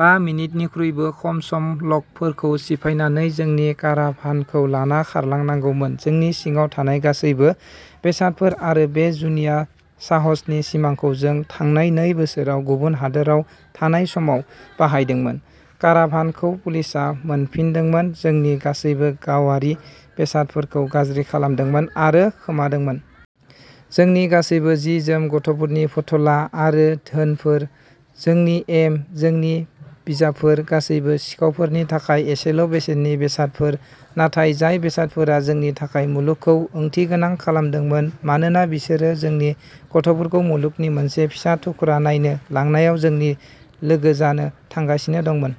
बा मिनिटनिख्रुइबो खम सम ल'कफोरखौ सिफायनानै जोंनि काराभानखौ लाना खारलांनांगौमोन, जोंनि सिङाव थानाय गासैबो बेसादफोर, आरो बे जुनिया साहसनि सिमांखौ जों थांनाय नै बोसोराव गुबुन हादोराव थानाय समाव बाहायदोंमोन। काराभानखौ पुलिसआ मोनफिनदोंमोन, जोंनि गासैबो गावारि बेसादफोरखौ गाज्रि खालामदोंमोन आरो खोमादोंमोन। जोंनि गासैबो जि जोम, गथ'फोरनि फुथुला आरो धोनफोर, जोंनि एम, जोंनि बिजाबफोर गासैबो सिखावफोरनि थाखाय एसेल' बेसेननि बेसादफोर, नाथाय जाय बेसादफोरा जोंनि थाखाय मुलुगखौ ओंथिगोनां खालामदोंमोन मानोना बिसोरो जोंनि गथ'फोरखौ मुलुगनि मोनसे फिसा थुख्रा नायनो लांनायाव जोंनि लोगो जानो थांगासिनो दंमोन।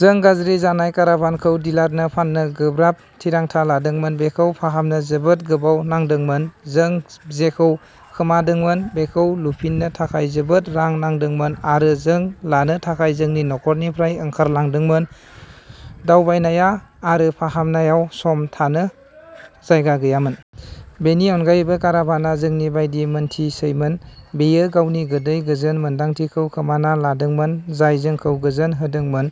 जों गाज्रि जानाय काराभानखौ डिलारनो फान्नो गोब्राब थिरांथा लादोंमोन। बेखौ फाहामनो जोबोद गोबाव नांदोंमोन, जों जेखौ खोमादोंमोन बेखौ लुफिननो थाखाय जोबोद रां नांदोंमोन, आरो जों लानो थाखाय जोंनि न'निफ्राय ओंखारलांदोंमोन। दावबायनाया आरो फाहामनाय समाव थानो जायगा गैयामोन। बेनि अनगायैबो, काराभानआ जोंनि बायदि मोनथिसैमोन। बेयो गावनि गोदै, गोजोन मोन्दांथिखौ खोमाना लादोंमोन, जाय जोंखौ गोजोन होदोंमोन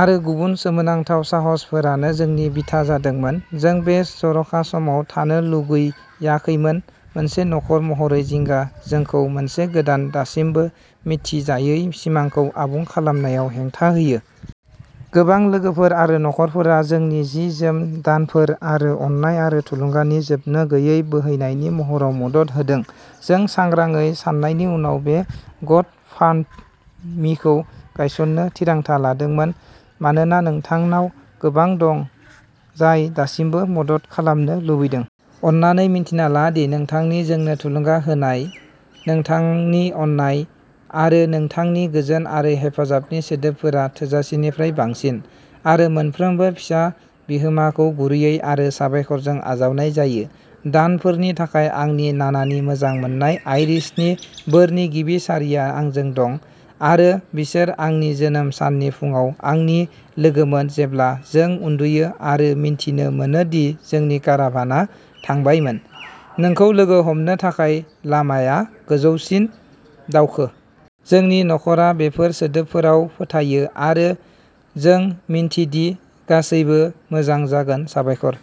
आरो गुबुन सोमोनांथाव साहसफोराव जोंनि बिथा जादोंमोन। जों बे जर'खा समाव थांनो लुगैयाखैमोन, मोनसे नखर महरै जिंगा जोंखौ मोनसे गोदान दासिमबो मिथिजायै सिमांखौ आबुं खालामनायाव हेंथा होयो। गोबां लोगोफोर आरो नखरफोरा जोंनो जि जोम, दानफोर, आरो अननाय आरो थुलुंगानि जोबनो गैयै बोहैनायनि महराव मदद होदों। जों सांग्राङै साननायनि उनाव, बे ग' फान्ड मिखौ गायसन्नो थिरांथा लादोंमोन, मानोना नोंथांनाव गोबां दं जाय दासिमबो मदद खालामनो लुबैदों। अन्नानै मिन्थिना ला दि नोंथांनि जोंनो थुलुंगा होनाय, नोंथांनि अननाय, आरो नोंथांनि गोजोन आरो हेफाजाबनि सोदोबफोरा थोजासेनिफ्राय बांसिन, आरो मोनफ्रोमबो फिसा बिहोमाखौ गुरैयै आरो साबायखरजों आजावनाय जायो। दानफोरनि थाखाय आंनि नानानि मोजां मोनजानाय आइरिश बोरनि गिबि सारिआ आंजों दं, आरो बिसोर आंनि जोनोम साननि फुंआव आंनि लोगोमोन जेब्ला जों उन्दुयो आरो मिथिनो मोनो दि जोंनि काराभानआ थांबायमोनः "नोंखौ लोगो हमनो थाखाय लामाआ गोजौसिम दावखो।" जोंनि नखरा बेफोर सोदोबफोराव फोथायो, आरो जों मिन्थिदि गासैबो मोजां जागोन। साबायखर।